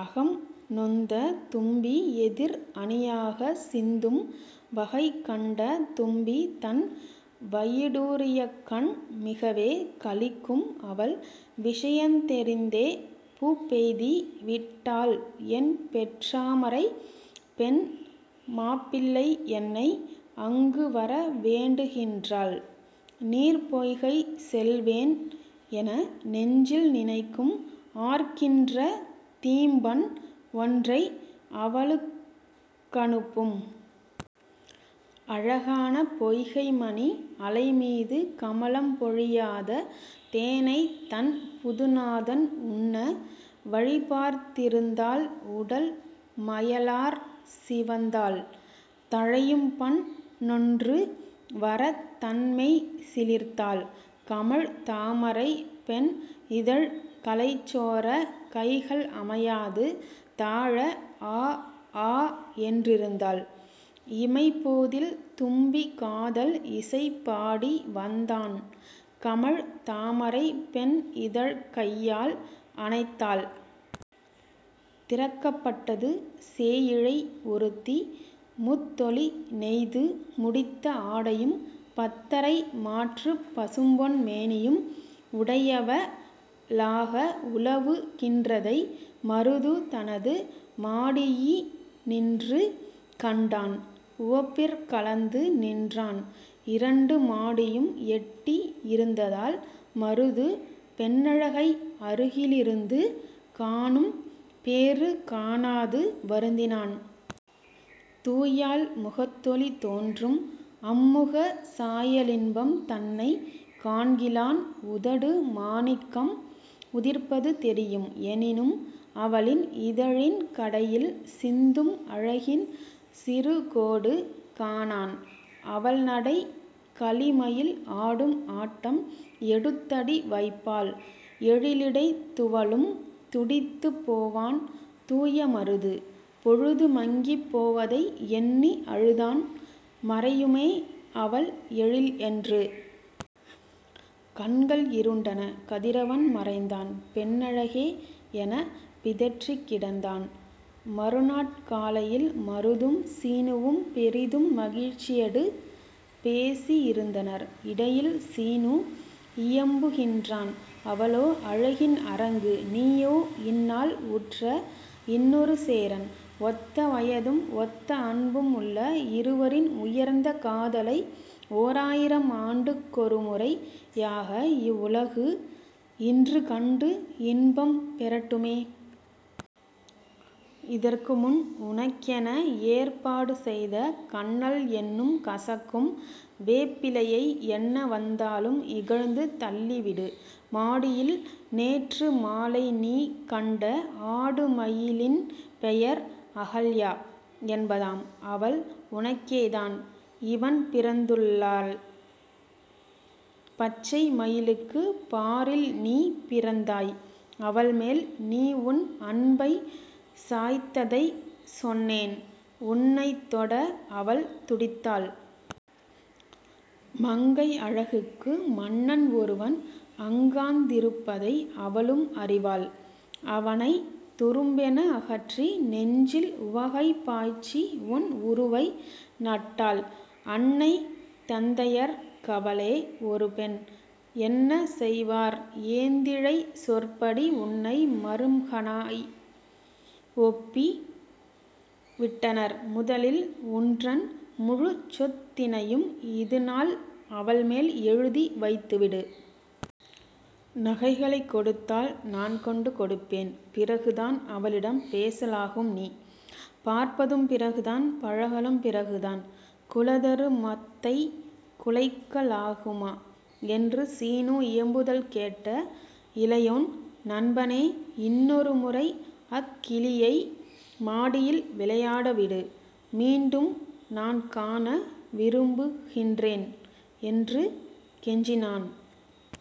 அகம் நொந்த தும்பி எதிர் அணியாகச் சிந்தும்! வகை கண்ட தும்பி தன் வயிடூரியக்கண் மிகவே களிக்கும் அவள் விஷயந் தெரிந்தே! 'பூப்பெய்தி விட்டாள்என் பொற்றாமரைப் பெண் மாப்பிள்ளை என்னை அங்கு வர வேண்டுகின்றாள் நீர்ப்பொய்கை செல்வேன்' என நெஞ்சில் நினைக்கும்; ஆர்க்கின்ற தீம்பண் ஒன்றை அவளுக் கனுப்பும்! அழகான பொய்கை மணி அலைமீது கமலம் பொழியாத தேனைத் தன் புதுநாதன் உண்ண வழிபார்த் திருந்தாள் உடல் மயலாற் சிவந்தாள்! தழையும்பண் ணொன்று வரத் தன்மெய் சிலிர்த்தாள். கமழ் தாமரைப் பெண் இதழ்க் கலைசோரக் கைகள் அமையாது தாழ ஆ! ஆ!! என்றிருந்தாள். இமைப்போதில் தும்பி காதல் இசை பாடி வந்தான் கமழ் தாமரைப் பெண் இதழ்க் கையால் அணைத்தாள். திறக்கப் பட்டது; சேயிழை ஒருத்தி, முத்தொளி நெய்து முடித்த ஆடையும், பத்தரை மாற்றுப் பசும்பொன் மேனியும் உடையவ ளாக உலவு கின்றதை 'மருது' தனது மாடியி னின்று கண்டான்; உவப்பிற் கலந்து நின்றான்! இரண்டு மாடியும் எட்டி இருந்ததால் மருது, பெண்ணழகை அருகி லிருந்து காணும் பேறு காணாது வருந்தினான்! தூயாள் முகத்தொளி தோன்றும்; அம்முகச் சாயலின்பம் தன்னைக் காண்கிலான்! உதடு மாணிக்கம் உதிர்ப்பது தெரியும்; எனினும் அவளின் இதழின் கடையில் சிந்தும் அழகின் சிறுகோடு காணான்! அவள்நடை, களிமயில் ஆடும் ஆட்டம்! எடுத்தடி வைப்பாள், எழிலிடை துவளும்; துடித்துப் போவான் தூய மருது! பொழுது மங்கிப் போவதை எண்ணி அழுதான் மறையுமே அவள் எழில்என்று! கண்கள் இருண்டன! கதிரவன் மறைந்தான்! பெண்ணழகே எனப் பிதற்றிக் கிடந்தான். மறுநாட் காலையில் மருதும் சீனுவும் பெரிதும் மகிழ்ச்சியடு பேசி யிருந்தனர். இடையில் சீனு இயம்பு கின்றான்: 'அவளோ அழகின் அரங்கு! நீயோ இந்நாள் உற்ற இன்னொரு சேரன்; ஒத்த வயதும், ஒத்த அன்பும், உள்ள இருவரின் உயர்ந்த காதலை ஓராயிரம் ஆண்டுக் கொருமுறை யாக இவ்வுலகு இன்றுகண்டு இன்பம் பெறட்டுமே! இதற்குமுன் உனக்கென ஏற்பாடு செய்த 'கன்னல்' என்னும் கசக்கும் வேப்பிலையை என்ன வந்தாலும் இகழ்ந்து தள்ளிவிடு! மாடியில், நேற்று மாலைநீ கண்ட ஆடுமயி லின்பெயர் அகல்யா என்பதாம், அவள் உனக்கேதான் இவண்பிறந் துள்ளாள்; பச்சை மயிலுக்குப் பாரில்நீ பிறந்தாய்; அவள்மேல் நீஉன் அன்பைச் சாய்த்ததைச் சொன்னேன்; உன்னைத்தொட அவள் துடித்தாள். மங்கை அழகுக்கு மன்னன் ஒருவன் அங்காந் திருப்பதை அவளும் அறிவாள்; அவனைத் துரும்பென அகற்றி, நெஞ்சில் உவகை பாய்ச்சிஉன் உருவை நட்டாள்! அன்னை தந்தையர்க் கவளோ ஒருபெண், என்ன செய்வார்? ஏந்திழை சொற்படி உன்னை மருகனாய் ஒப்பி விட்டனர். முதலில் உன்றன் முழுச்சொத் தினையும் இதுநாள் அவள்மேல் எழுதி வைத்துவிடு! நகைகளைக் கொடுத்தால் நான்கொண்டு கொடுப்பேன். பிறகுதான் அவளிடம் பேச லாகும்நீ! பார்ப்பதும் பிறகுதான்! பழகலும் பிறகுதான்! குலதரு மத்தைக் குலைக்க லாகுமா? என்று சீனு இயம்புதல் கேட்ட இளையோன் 'நண்பனே இன்னொரு முறைஅக் கிளியை மாடியில் விளையாட விடு; மீண்டும் நான்காண விரும்பு கின்றேன். ' என்று கெஞ்சினான்!